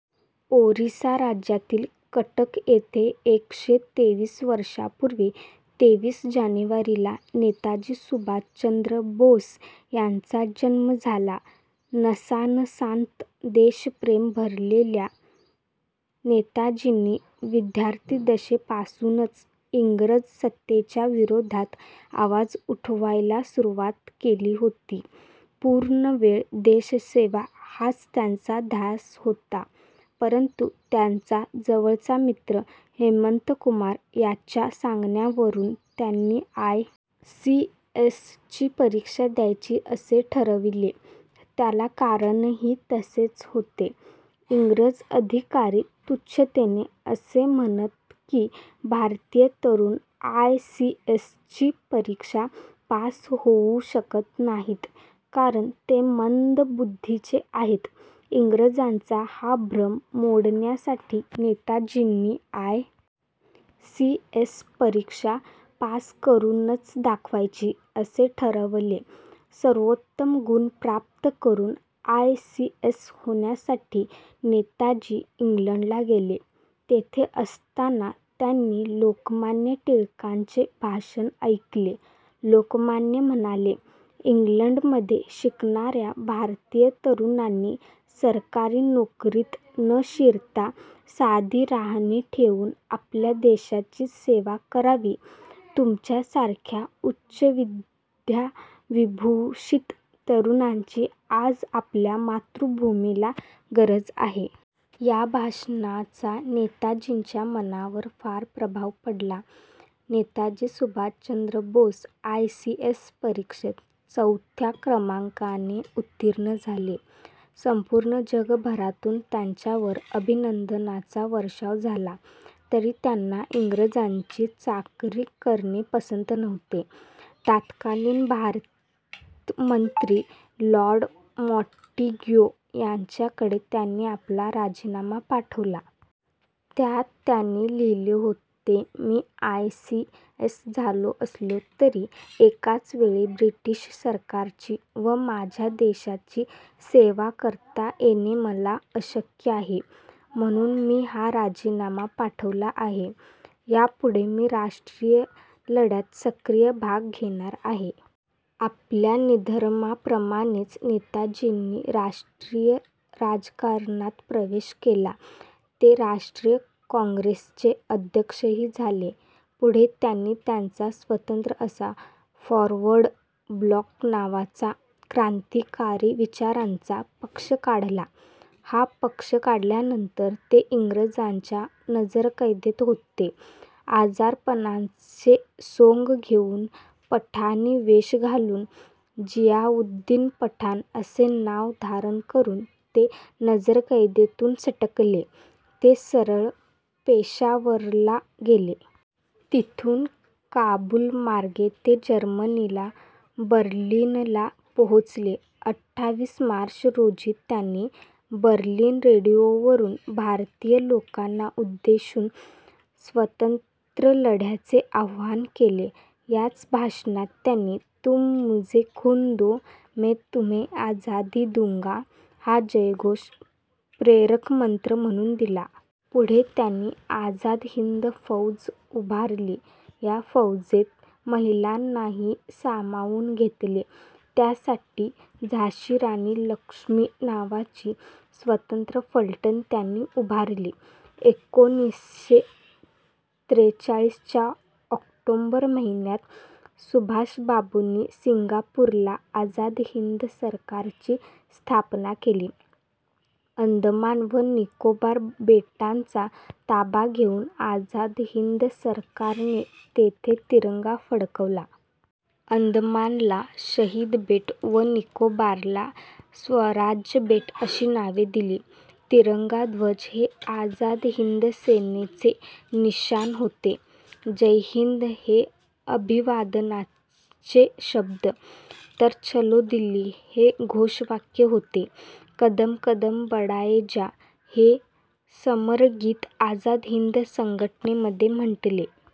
ओरिसा राज्यातील कटक येथे एकशे तेवीस वर्षांपूर्वी तेवीस जानेवारीला नेताजी सुभाषचंद्र बोस यांचा जन्म झाला. नसानसांत देशप्रेम भरलेल्या नेताजींनी विद्यार्थिदशेपासूनच इंग्रज सत्तेच्या विरोधात आवाज उठवायला सुरुवात केली होती. पूर्णवेळ देशसेवा हाच त्यांचा ध्यास होता, परंतु त्यांचा जवळचा मित्र हेमंतकुमार यांच्या सांगण्यावरून त्यांनी आय. सी. एस. ची परीक्षा द्यायची असे ठरवले. त्याला कारणही तसेच होते. इंग्रज अधिकारी तुच्छतेने असे म्हणत की, भारतीय तरुण आयसीएसची परीक्षा पास होऊ शकत नाहीत, कारण ते मंदबुद्धीचे आहेत. इंग्रजांचा हा भ्रम मोडण्यासाठी नेताजींनी आय. सी. एस. परीक्षा पास करूनच दाखवायची असे ठरवले. सर्वोत्तम गुण प्राप्त करून आयसीएस होण्यासाठी नेताजी इंग्लंडला गेले. तिथे असताना त्यांनी लोकमान्य टिळकांचे भाषण ऐकले. लोकमान्य म्हणाले, इंग्लंडमध्ये शिकणाऱ्या भारतीय तरुणांनी सरकारी नोकरीत न शिरता साधी राहणी ठेवून आपल्या देशाची सेवा करावी तुमच्यासारख्या उच्चविद्याविभूषित तरुणांची आज आपल्या मातृभूमीला गरज आहे. या भाषणाचा नेताजींच्या मनावर फार प्रभाव पडला. Netaji Subhashchandra Bose I. C. S. परीक्षेत चौथ्या क्रमांकाने उत्तीर्ण झाले. संपूर्ण जगभरातून त्यांच्यावर अभिनंदनाचा वर्षाव झाला, तरी त्यांना इंग्रजांची चाकरी करणे पसंत नव्हते. तत्कालीन भारतमंत्री लॉर्ड माँटिग्यू यांच्याकडे त्यांनी आपला राजीनामा पाठवला. त्यात त्यांनी लिहिले होते मी आय. सी. एस. झालो असलो तरी एकाच वेळी ब्रिटिश सरकारची व माझ्या देशाची सेवा करता येणे मला अशक्य आहे, म्हणून मी हा राजीनामा पाठवला आहे. यापुढे मी राष्ट्रीय लढ्यात सक्रिय भाग घेणार आहे. आपल्या निर्धाराप्रमाणेच नेताजींनी राष्ट्रीय राजकारणात प्रवेश केला. ते राष्ट्रीय काँग्रेसचे अध्यक्षही झाले. पुढे त्यांनी त्यांचा स्वतंत्र असा फॉरवर्ड ब्लॉक नावाचा क्रांतिकारी विचारांचा पक्ष काढला. हा पक्ष काढल्यानंतर ते इंग्रजांच्या नजरकैदेत होते. आजारपणाचे सोंग घेऊन पठाणी वेष घालून, जियाउद्दीन पठाण असे नाव धारण करून ते नजरकैदेतून सटकले, ते सरळ पेशावरला गेले. तिथून काबूल मार्गे ते जर्मनीत बर्लिनला पोहोचले. अठ्ठावीस मार्च रोजी त्यांनी बर्लिन रेडिओवरून भारतीय लोकांना उद्देशून स्वातंत्र्यलढ्याचे आव्हान केले. याच भाषणात त्यांनी, तुम मुझे खून दो मैं तुम्हें आजादी दूंगा हा जयघोष प्रेरकमंत्र म्हणून दिला. पुढे त्यांनी आझाद हिंद फौज उभारली. या फौजेत महिलांनाही सामावून घेतले. त्यासाठी झाशी राणी लक्ष्मी नावाची स्वतंत्र फलटण त्यांनी उभारली. एकोणीसशे त्रेचाळीस च्या ऑक्टोबर महिन्यात सुभाषबाबूंनी सिंगापूरला आझाद हिंद सरकारची स्थापना केली. अंदमान व निकोबार बेटांचा ताबा घेऊन आझाद हिंद सरकारने तेथे तिरंगा फडकवला. अंदमानला शहीद बेट व निकोबारला स्वराज्य बेट अशी नावे दिली. तिरंगा ध्वज हे आझाद हिंद सेनेचे निशाण होते. जय हिंद हे अभिवादनाचे शब्द, तर चलो दिल्ली हे घोषवाक्य होते. कदम कदम बढाये जा. हे समरगीत आझाद हिंद संघटनेमध्ये म्हटले